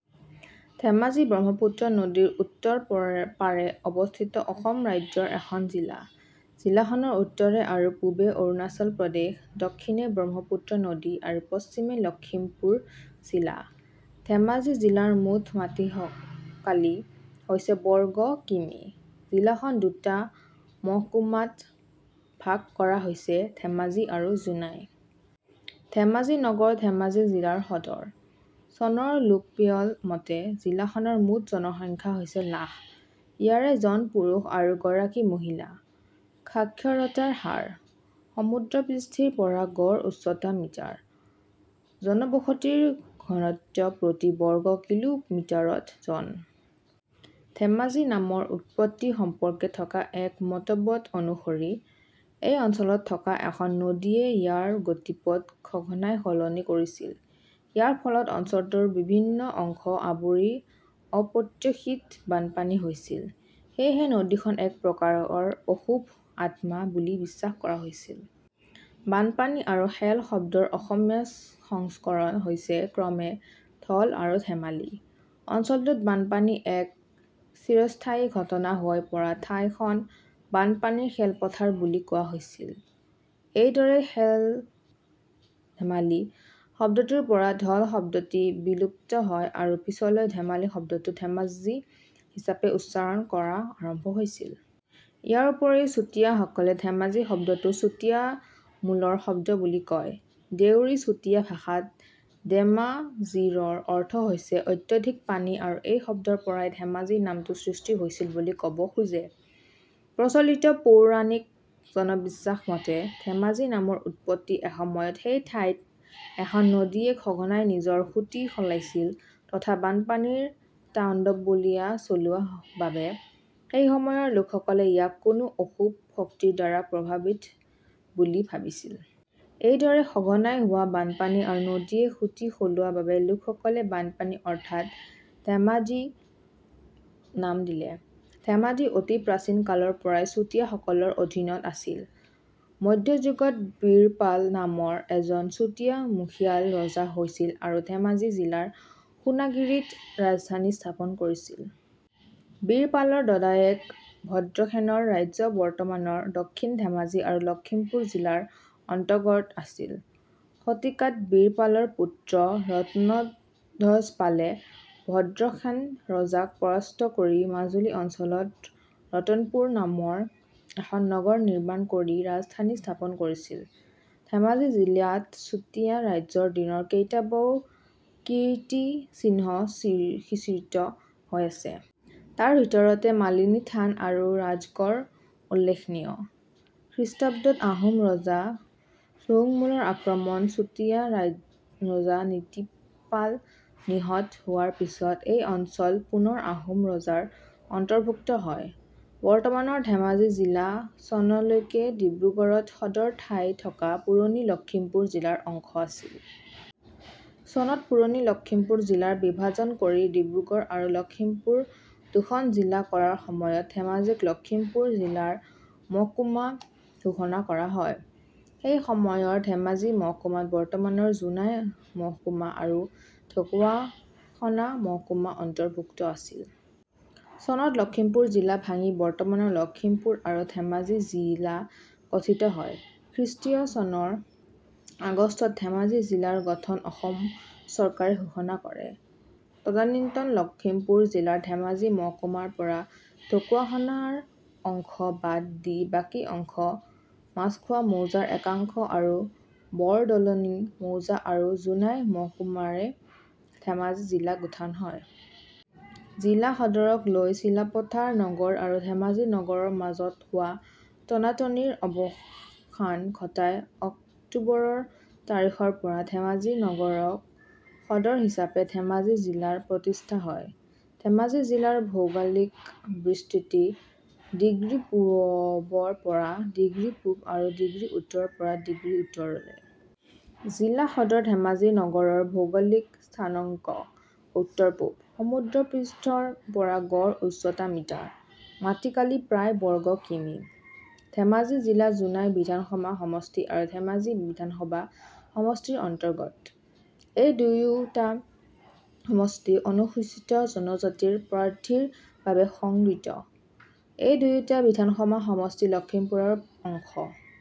ধেমাজি ব্ৰহ্মপুত্ৰ নদী ৰ উত্তৰ পাৰে অৱস্থিত অসম ৰাজ্যৰ এখন জিলা। জিলাখনৰ উত্তৰে আৰু পূবে অৰুণাচল প্ৰদেশ, দক্ষিণে ব্ৰহ্মপুত্ৰ নদী আৰু পশ্চিমে লখিমপুৰ জিলা। ধেমাজি জিলাৰ মুঠ মাটিকালি হৈছে বৰ্গ কিঃমিঃ। জিলাখন দুটা মহকুমাত ভাগ কৰা হৈছে: ধেমাজি আৰু জোনাই। ধেমাজি নগৰ ধেমাজি জিলাৰ সদৰ। চনৰ লোকপিয়ল মতে, জিলাখনৰ মুঠ জনসংখ্যা হৈছে লাখ। ইয়াৰে জন পুৰুষ আৰু গৰাকী মহিলা। সাক্ষৰতাৰ হাৰ। সমুদ্ৰপৃষ্ঠৰ পৰা গড় উচ্চতা মিটাৰ। জনবসতিৰ ঘনত্ব প্ৰতি বৰ্গ কিলো মিটাৰত জন। ধেমাজি নামৰ উৎপত্তি সম্পৰ্কে থকা এক মতবাদ অনুসৰি, এই অঞ্চলত থকা এখন নদীয়ে ইয়াৰ গতিপথ সঘনাই সলনি কৰিছিল। ইয়াৰ ফলত অঞ্চলটোৰ বিভিন্ন অংশ আৱৰি অপ্ৰত্যাশিত বানপানী হৈছিল। সেয়েহে নদীখন এক প্ৰকাৰৰ অশুভ আত্মা বুলি বিশ্বাস কৰা হৈছিল। বানপানী আৰু খেল শব্দৰ অসমীয়া সংস্কৰণ হৈছে ক্ৰমে "ধল" আৰু "ধেমালি"। অঞ্চলটোত বানপানী এক চিৰস্থায়ী ঘটনা হৈ পৰাত ঠাইখন বানপানীৰ খেলপথাৰ বুলি কোৱা হৈছিল। এইদৰে "ধল-ধেমালি" শব্দটোৰ পৰা ধল শব্দটি বিলুপ্ত হয় আৰু পিছলৈ "ধেমালি" শব্দটো "ধেমাজি" হিচাপে উচ্চাৰণ কৰা আৰম্ভ হৈছিল। ইয়াৰোপৰি চুতীয়া সকলে "ধেমাজি" শব্দটো চুতীয়ামূলৰ শব্দ বুলি কয়। দেউৰী-চুতীয়া ভাষাত "দেমা-জি"ৰ অৰ্থ হৈছে "অত্যধিক পানী" আৰু এই শব্দৰ পৰাই "ধেমাজি" নামটো সৃষ্টি হৈছিল বুলি ক'ব খোজে। প্ৰচলিত পৌৰাণিক জনবিশ্বাস মতে, "ধেমাজি" নামৰ উৎপত্তি এসময়ত সেই ঠাইত এখন নদীয়ে সঘনাই নিজৰ সূঁতি সলাইছিল তথা বানপানীৰ তাণ্ডৱলীলা চলোৱা বাবে, সেইসময়ৰ লোকসকলে ইয়াক কোনো অশুভ শক্তিৰ দ্বাৰা প্ৰভাৱিত বুলি ভাবিছিল। এইদৰে সঘনাই হোৱা বানপানী আৰু নদীয়ে সূঁতি সলোৱা বাবে লোকসকলে বানপানী অৰ্থাৎ "দেমা-জি" নাম দিলে। ধেমাজি অতি প্ৰাচীন কালৰ পৰাই চুতীয়া সকলৰ অধীনত আছিল। মধ্যযুগত বীৰপাল নামৰ এজন চুতীয়া মুখিয়াল ৰজা হৈছিল আৰু ধেমাজি জিলাৰ সোনাগিৰিত ৰাজধানী স্থাপন কৰিছিল। বীৰপালৰ দদায়েক ভদ্ৰশেনৰ ৰাজ্য বৰ্তমানৰ দক্ষিণ ধেমাজি আৰু লখিমপুৰ জিলাৰ অন্তৰ্গত আছিল। শতিকাত বীৰপালৰ পুত্ৰ ৰত্নধ্বজপালে ভদ্ৰেশেন ৰজাক পৰাস্ত কৰি মাজুলী অঞ্চলত ৰতনপুৰ নামৰ এখন নগৰ নিৰ্মাণ কৰি ৰাজধানী স্থাপন কৰিছিল। ধেমাজি জিলাত চুতীয়া ৰাজ্যৰ দিনৰ কেইবাটাও কীৰ্তিচিহ্ন সিঁচৰিত হৈ আছে। তাৰ ভিতৰতে মালিনী থান আৰু ৰাজগড় উল্লেখনীয়। খ্ৰীষ্টাব্দত আহোম ৰজা চুহুংমুঙৰ আক্ৰমণত চুতীয়া ৰজা নীতিপাল নিহত হোৱাৰ পিছত এই অঞ্চল পুনৰ আহোম ৰাজ্যৰ অন্তৰ্ভুক্ত হয়। বৰ্তমানৰ ধেমাজি জিলা চনলৈকে ডিব্ৰুগড়ত সদৰ ঠাই থকা পুৰণি লক্ষীমপুৰ জিলাৰ অংশ আছিল। চনত পুৰণি লক্ষীমপুৰ জিলাৰ বিভাজন কৰি ডিব্ৰুগড় আৰু লক্ষীমপুৰ দুখন জিলা কৰাৰ সময়ত ধেমাজিক লক্ষীমপুৰ জিলা ৰ মহকুমা ঘোষণা কৰা হয়। সেই সময়ৰ ধেমাজি মহকুমাত বৰ্তমানৰ জোনাই মহকুমা আৰু ঢকুৱাখনা মহকুমা অন্তৰ্ভুক্ত আছিল। চনত লক্ষীমপুৰ জিলা ভাঙি বৰ্তমানৰ লখিমপুৰ আৰু ধেমাজি জিলা গঠিত হয়। খ্ৰীষ্টীয় চনৰ আগষ্টত ধেমাজি জিলাৰ গঠন অসম চৰকাৰে ঘোষণা কৰে। তদানীন্তন লখিমপুৰ জিলাৰ ধেমাজি মহকুমাৰ পৰা ঢকুৱাখনা ৰ অংশ বাদ দি বাকী অংশ, মাছখোৱা মৌজাৰ একাংশ আৰু বৰদলনি মৌজা আৰু জোনাই মহকুমাৰে ধেমাজি জিলা গঠন হয়। জিলা সদৰক লৈ চিলাপথাৰ নগৰ আৰু ধেমাজি নগৰৰ মাজত হোৱা টনাটনিৰ অৱসান ঘটাই অক্টোবৰ তাৰিখৰপৰা ধেমাজি নগৰক সদৰ হিচাপে ধেমাজি জিলাৰ প্ৰতিষ্ঠা হয়। ধেমাজি জিলাৰ ভৌগোলিক বিস্তৃতি ''' ডিগ্ৰী পূৱৰ পৰা ''' ডিগ্ৰী পূৱ আৰু ''' ডিগ্ৰী উত্তৰৰ পৰা ''' ডিগ্ৰী উত্তৰলৈ। জিলা সদৰ ধেমাজি নগৰৰ ভৌগোলিক স্থানাংক উত্তৰ পূৱ। সমুদ্ৰপৃষ্ঠৰ পৰা গড় উচ্চতা মিটাৰ। মাটিকালি প্ৰায় বৰ্গ কিঃমিঃ।। ধেমাজি জিলা জোনাই বিধানসভা সমষ্টি আৰু ধেমাজি বিধানসভা সমষ্টিৰ অন্তৰ্গত। এই দুয়োটা সমষ্টি অনুসূচীত জনজাতিৰ প্ৰাৰ্থীৰ বাবে সংৰক্ষিত। এই দুয়োটা বিধানসভা সমষ্টি লক্ষিমপুৰ ৰ অংশ।